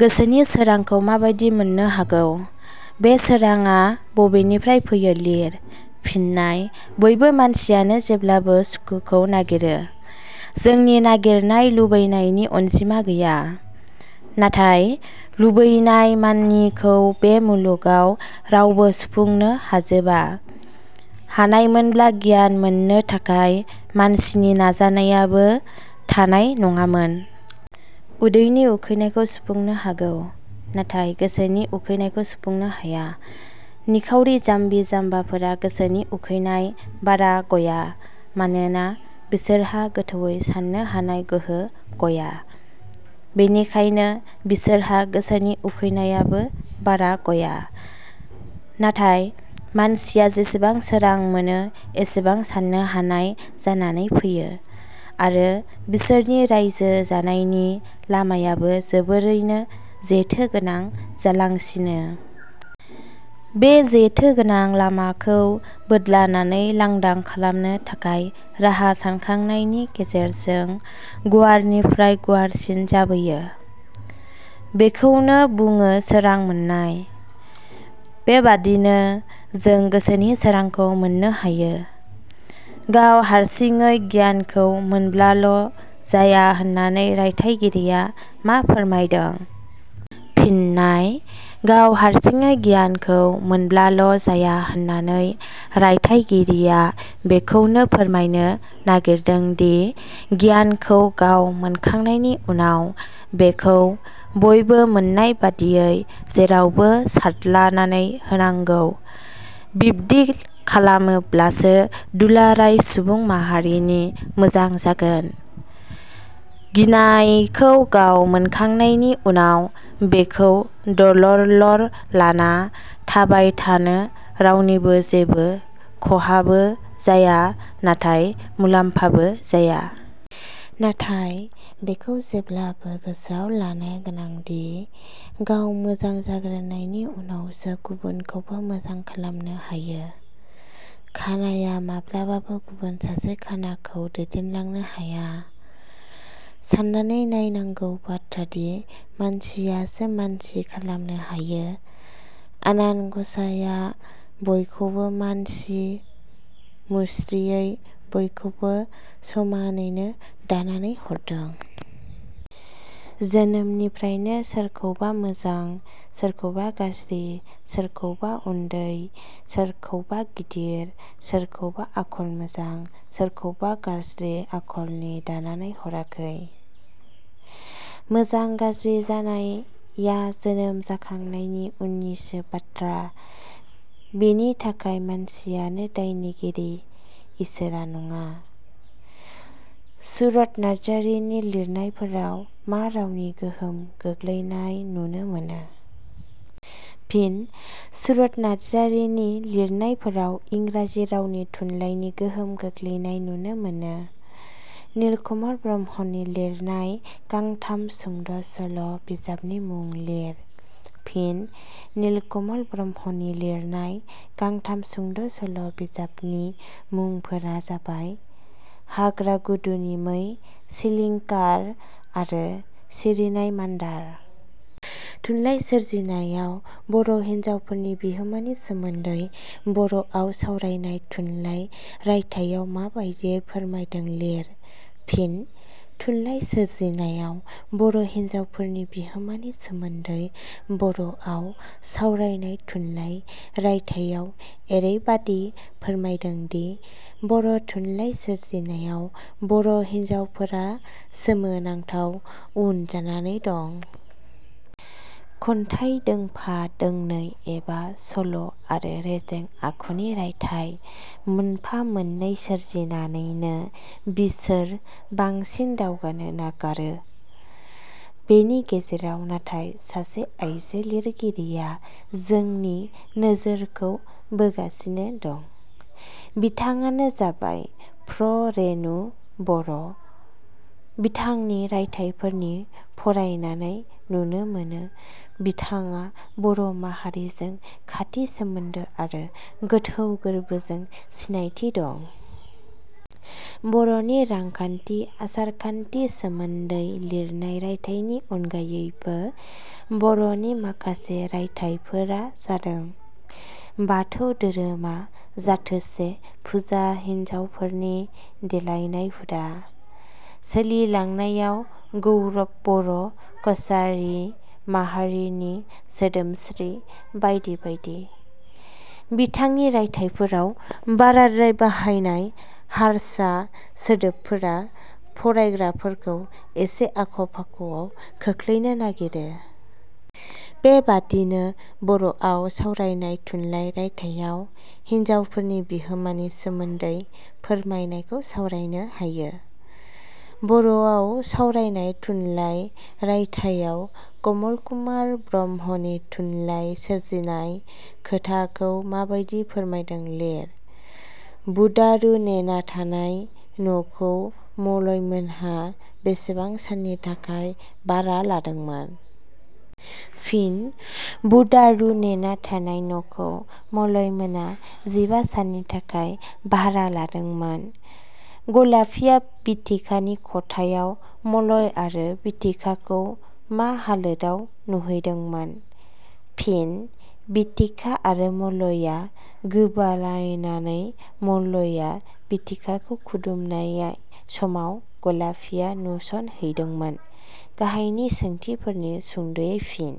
गोसोनि सोरांखौ माबादि मोननो हागौ? बे सोराङा बबेनिफ्राय फैयो लिर। फिननाय: बयबो मानसियानो जेब्लाबो सुखुखौ नागिरो। जोंनि नागिरनाय लुबैनायनि अनजिमा गैया। नाथाय लुबैनाय मानिखौ बे मुलुगाव रावबो सुफुंनो हाजोबा। हानायमोनब्ला गियान मोननो थाखाय मानसिनि नाजानायाबो थानाय नङामोन। उदैनि उखैनायखौ सुफुंनो हागौ, नाथाय गोसोनि उखैनायखौ सुफुंनो हाया। निखावरि जाम्बि- जाम्बाफोरा गोसोनि उखैनाय बारा गया मानोना बिसोरहा गोथौवै साननो हानाय गोहो गया। बेनिखायनो बिसोरहा गोसोनि उखैनायाबो बारा गया। नाथाय मानसिया जेसेबा सोरां मोनो एसेबां साननो हानाय जानानै फैयो आरो बिसोरनि राइजो जानायनि लामायाबो जोबोरैनो जेथो गोनां जालांसिनो। बे जेथो गोनां लामाखौ बोदलानानै लांदां खालामनो थाखाय राहा सानखांनायनि गेजेरजों गुवारनिफ्राय गुवारसिन जाबोयो। बेखौनो बुङो सोरां मोननाय। बेबादिनो जों गोसोनि सोरांखौ मोननो हायो। गाव हारसिङै गियानखौ मोनब्लाल' जाया होननानै रायथाइगिरिया मा फोरमायदों? फिननाय: गाव हारसिङै गियानखौ मोनब्लाल' जाया होननानै रायथाइ गिरिया बेखौनो फोरमायनो नागिरदोंदि गियानखौ गाव मोनखांनायनि उनाव बेखौ बयबो मोननायबादियै जेरावबो सारदलानानै होनांगौ। बिब्दि खालामोब्लासो दुलाराय सुबुं माहारिनि मोजां जागोन। गिनायखौ गाव मोनखांनायनि उनाव बेखौ दलरलर लाना थाबायथानो रावनिबो जेबो खहाबो जाया नाथाय मुलाम्फाबो जाया। नाथाय बेखौ जेब्लाबो गोसोआव लानाय गोनांदि, गाव मोजां जाग्रोनायनि उनावसो गुबुनखौबो मोजां खालामनो हायो। खानाया माब्लाबाबो गुबुन सासे खानाखौ दैदेनलांनो हाया। साननानै नायनांगौ बाथ्रादि मानसियासो मानसि खालामनो हायो, आनान गसाइया बयखौबो मानसि मुस्रियै बयखौबो समानैनो दानानै हरदों। जोनोमनिफ्रायनो सोरखौबा मोजां, सोरखौबा गाज्रि, सोरखौबा उन्दै, सोरखौबा गिदिर, सोरखौबा आखल मोजां, सोरखौबा गाज्रि आखलनि दानानै हराखै। मोजां गाज्रि जानाया जोनोम जाखांनायनि उननिसो बाथ्रा। बेनि थाखाय मानसियानो दायनिगिरि, इसोरा नङा। सुरथ नारजारिनि लिरनायफोराव मा रावनि गोहोम गोग्लैनाय नुनो मोनो? फिन: सुरथ नारजारिनि लिरनायफोराव इंराजि रावनि थुनलाइनि गोहोम गोग्लैनाय नुनो मोनो। नीलकमल ब्रह्मनि लिरनाय गांथाम सुंद' सल' बिजाबनि मुं लिर। फिन: नीलकमल ब्रह्मनि लिरनाय गांथाम सुंद' सल' बिजाबनि मुंफोरा जाबाय – 'हाम्रा गुदुनि मै', 'सिलिंखार' आरो 'सिरिनाय मान्दार'। थुनलाइ सोरजिनायाव बर' हिन्जावफोरनि बिहोमानि सोमोन्दै 'बर 'वाव सावरायनाय थुनलाइ रायथाइयाव माबादियै फोरमायदों लिर। फिन: थुनलाइ सोरजिनायाव बर' हिनजावफोरनि बिहोमानि सोमोन्दै 'बर'वाव सावरायनाय थुनलाइ' रायथाइयाव एरैबादि फोरमायदोंदि बर' थुनलाइ सोरजिनायाव बर' हिनजावफोरा सोमोनांथाव उन जानानै दं। खन्थाइ दोंफा दोंनै एबा सल' आरो रेजें आखुनि रायथाइ मोनफा-मोननै सोरजिनानैनो बिसोर बांसिन दावगानो नागारो। बेनि गेजेराव नाथाय सासे आयजो लिरगिरिया जोंनि नोजोरखौ बोगासिनो दं। बिथाङानो जाबाय- प्र. रेणु बर'। बिथांनि रायथाइफोरखौ फरायनानै नुनो मोनो- बिथाङा बर' माहारिजों खाथि सोमोन्दो आरो गोथौ गोरबोजों सिनायथि दं। बर 'नि रांखान्थि आसारखान्थिनि सोमोन्दै लिरनाय रायथाइनि अनगायैबो बर 'नि माखासे रायथाइफोरा जादों- बाथौ धोरोमा जाथोसे फुजा हिन्जावफोरनि देलायनाय हुदा, सोलिलांनायाव गौरब बर' कसारी माहारिनि सोदोमस्रि बायदि बायदि। बिथांनि रायथाइफोराव बाराद्राय बाहायनाय हारसा सोदोबफोरा फरायग्राफोरखौ एसे आख'-फाख'आव खोख्लैनो नागिरो। बेबादिनो 'बर 'वाव सावरायनाय थुनलाइ' रायथाइयाव हिनजावफोरनि बिहोमानि सोमोन्दै फोरमायनायखौ सावरायनो हायो। 'बर 'वाव सावरायनाय थुनलाइ' रायथाइयाव कमल कुमार ब्रह्मनि थुनलाइ सोरजिनाय खोथाखौ माबादि फोरमायदों लिर। बुदारु नेना थानाय नखौ मलयमोना बेसेबां साननि थाखाय भारा लादोंमोन? फिनः बुदारु नेना थानाय नखौ मलयमोना जिबा साननि थाखाय भारा लादोंमोन। गलापीया बिथिकानि खथायाव मलय आरो बिथिकाखौ मा हालोदाव नुहैदोंमोन? फिनः बिथिका आरो मलया गोबालायनानै मलया बिथिकाखौ खुदुमनाय समाव गलापिया नुसनहैदोंमोन। गाहायनि सोंथिफोरखौ सुंद 'यै फिन।